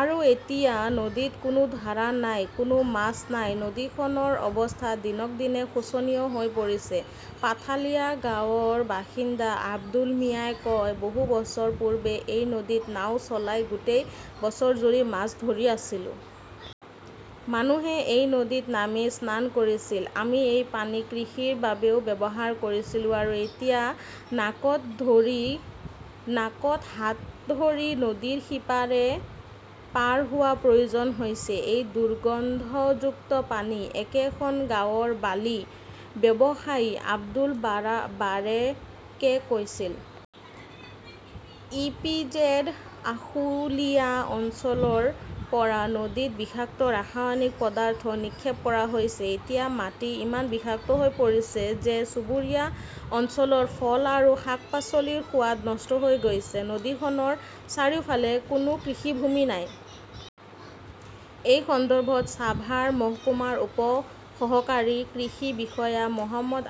আৰু এতিয়া এই নদীত কোনো ধাৰা নাই, কোনো মাছ নাই। "নদীখনৰ অৱস্থা দিনক দিনে শোচনীয় হৈ পৰিছে", পাথালিয়া গাঁৱৰ বাসিন্দা আব্দুল মিয়াই কয়। "বহু বছৰ পূৰ্বে এই নদীত নাও চলাই গোটেই বছৰজুৰি মাছ ধৰি আছিলো। মানুহে এই নদীত নামি স্নান কৰিছিল। আমি এই পানী কৃষিৰ বাবেও ব্যৱহাৰ কৰিছিলো আৰু এতিয়া নাকত হাত ধৰি নদীৰ সিপাৰে পাৰ হোৱাৰ প্ৰয়োজন হৈছে, এই দুৰ্গন্ধযুক্ত পানী", একেখন গাঁৱৰ বালি ব্যৱসায়ী আব্দুল বাৰেকে কৈছিল। ই. পি. জেড. আশুলিয়া অঞ্চলৰ পৰা নদীত বিষাক্ত ৰাসায়নিক পদাৰ্থ নিক্ষেপ কৰা হৈছিল। এতিয়া মাটি ইমান বিষাক্ত হৈ পৰিছে যে চুবুৰীয়া অঞ্চলৰ ফল আৰু শাক-পাচলিৰ সোৱাদ নষ্ট হৈ গৈছে। নদীখনৰ চাৰিওফালে কোনো কৃষিভূমি নাই। এই সন্দৰ্ভত ছাভাৰ মহকুমাৰ উপ সহকাৰী কৃষি বিষয়া মো.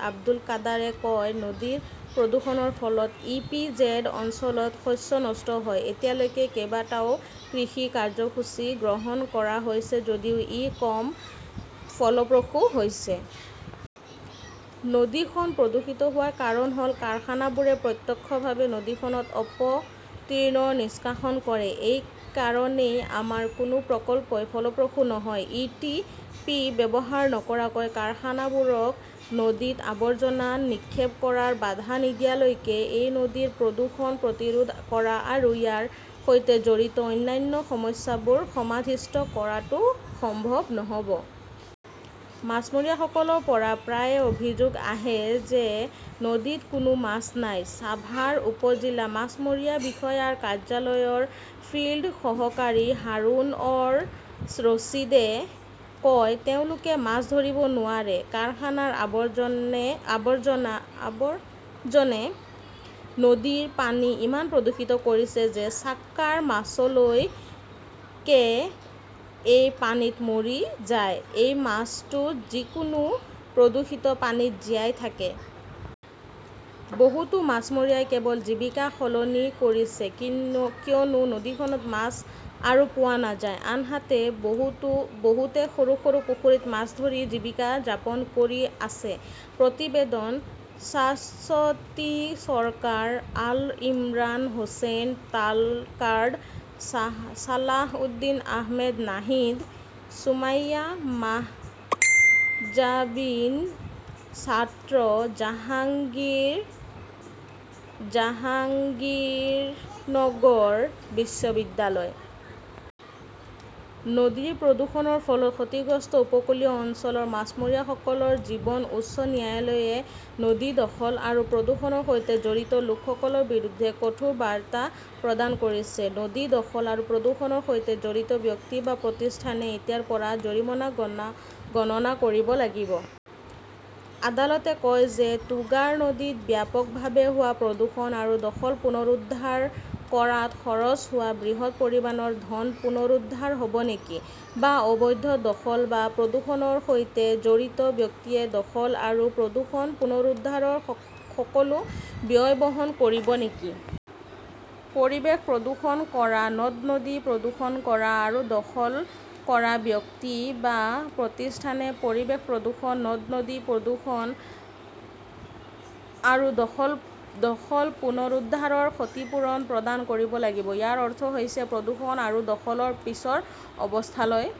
আব্দুল কাদৰে কয়- "নদীৰ প্ৰদূষণৰ ফলত ই. পি. জেড. অঞ্চলত শস্য নষ্ট হয়, এতিয়ালৈকে কেইবাটাও কৃষি কাৰ্যসূচী গ্ৰহণ কৰা হৈছে যদিও ই কম ফলপ্ৰসূ হৈছে। নদীখন প্ৰদূষিত হোৱাৰ কাৰণ হ'ল কাৰখানাবোৰে প্ৰত্যক্ষভাৱে নদীখনত অপতৃণ নিষ্কাশন কৰে। এই কাৰণেই আমাৰ কোনো প্ৰকল্পই ফলপ্ৰসূ নহয়"। ই. টি. পি. ব্যৱহাৰ নকৰাকৈ কাৰখানাবোৰক নদীত আৱৰ্জনা নিক্ষেপ কৰাত বাধা নিদিয়ালৈকে এই নদীৰ প্ৰদূষণ প্ৰতিৰোধ কৰা আৰু ইয়াৰ সৈতে জড়িত অন্যান্য সমস্যাবোৰ সমাধিস্থ কৰাটো সম্ভৱ নহ'ব। "মাছমৰীয়াসকলৰ পৰা প্ৰায়ে অভিযোগ আহে যে নদীত কোনো মাছ নাই", ছাভাৰ উপ-জিলা মাছমৰীয়া বিষয়াৰ কাৰ্যালয়ৰ ফিল্ড সহকাৰী হাৰুন অৰ ৰছিদে কয়। তেওঁলোকে মাছ ধৰিব নোৱাৰে। কাৰখানাৰ আৱৰ্জনে নদীৰ পানী ইমান প্ৰদূষিত কৰিছে যে ছাক্কাৰ মাছলৈকে এই পানীত মৰি যায়, এই মাছটো যিকোনো প্ৰদূষিত পানীত জীয়াই থাকে। বহুতো মাছমৰীয়াই কেৱল জীৱিকা সলনি কৰিছে কিয়নো নদীখনত মাছ আৰু পোৱা নাযায়, আনহাতে বহুতে সৰু সৰু পুখুৰীত মাছ ধৰি জীৱিকা যাপন কৰি আছে। প্ৰতিবেদনঃ শাশ্বতী চৰকাৰ, আল ইমৰান হোসেন তালকাৰ্ড, ছালাহউদ্দিন আহমেদ নাহিদ, সুমাইয়া মাহজাবিন, ছাত্ৰ, জাহাংগীৰনগৰ বিশ্ববিদ্যালয়। নদীৰ প্ৰদূষণৰ ফলত ক্ষতিগ্ৰস্ত উপকূলীয় অঞ্চলৰ মাছমৰীয়াসকলৰ জীৱন উচ্চ ন্যায়ালয়ে নদী দখল আৰু প্ৰদূষণৰ সৈতে জড়িত লোকসকলৰ বিৰুদ্ধে কঠোৰ বাৰ্তা প্ৰদান কৰিছে। নদী দখল আৰু প্ৰদূষণৰ সৈতে জড়িত ব্যক্তি বা প্ৰতিষ্ঠানে এতিয়াৰ পৰা জৰিমনা গণনা কৰিব লাগিব। আদালতে কয় যে তুৰাগ নদীত ব্যাপকভাৱে হোৱা প্ৰদূষণ আৰু দখল পুনৰুদ্ধাৰ কৰাত খৰচ হোৱা বৃহৎ পৰিমাণৰ ধন পুনৰুদ্ধাৰ হ'ব নেকি? বা অবৈধ দখল বা প্ৰদূষণৰ সৈতে জড়িত ব্যক্তিয়ে দখল আৰু প্ৰদূষণ পুনৰুদ্ধাৰৰ সকলো ব্যয় বহন কৰিব নেকি? পৰিৱেশ প্ৰদূষণ কৰা, নদ-নদী প্ৰদূষণ কৰা আৰু দখল কৰা ব্যক্তি বা প্ৰতিষ্ঠানে পৰিৱেশ প্ৰদূষণ, নদ-নদী প্ৰদূষণ আৰু দখল পুনৰুদ্ধাৰৰ ক্ষতিপূৰণ প্ৰদান কৰিব লাগিব। ইয়াৰ অৰ্থ হৈছে প্ৰদূষণ আৰু দখলৰ পিছৰ অৱস্থালৈ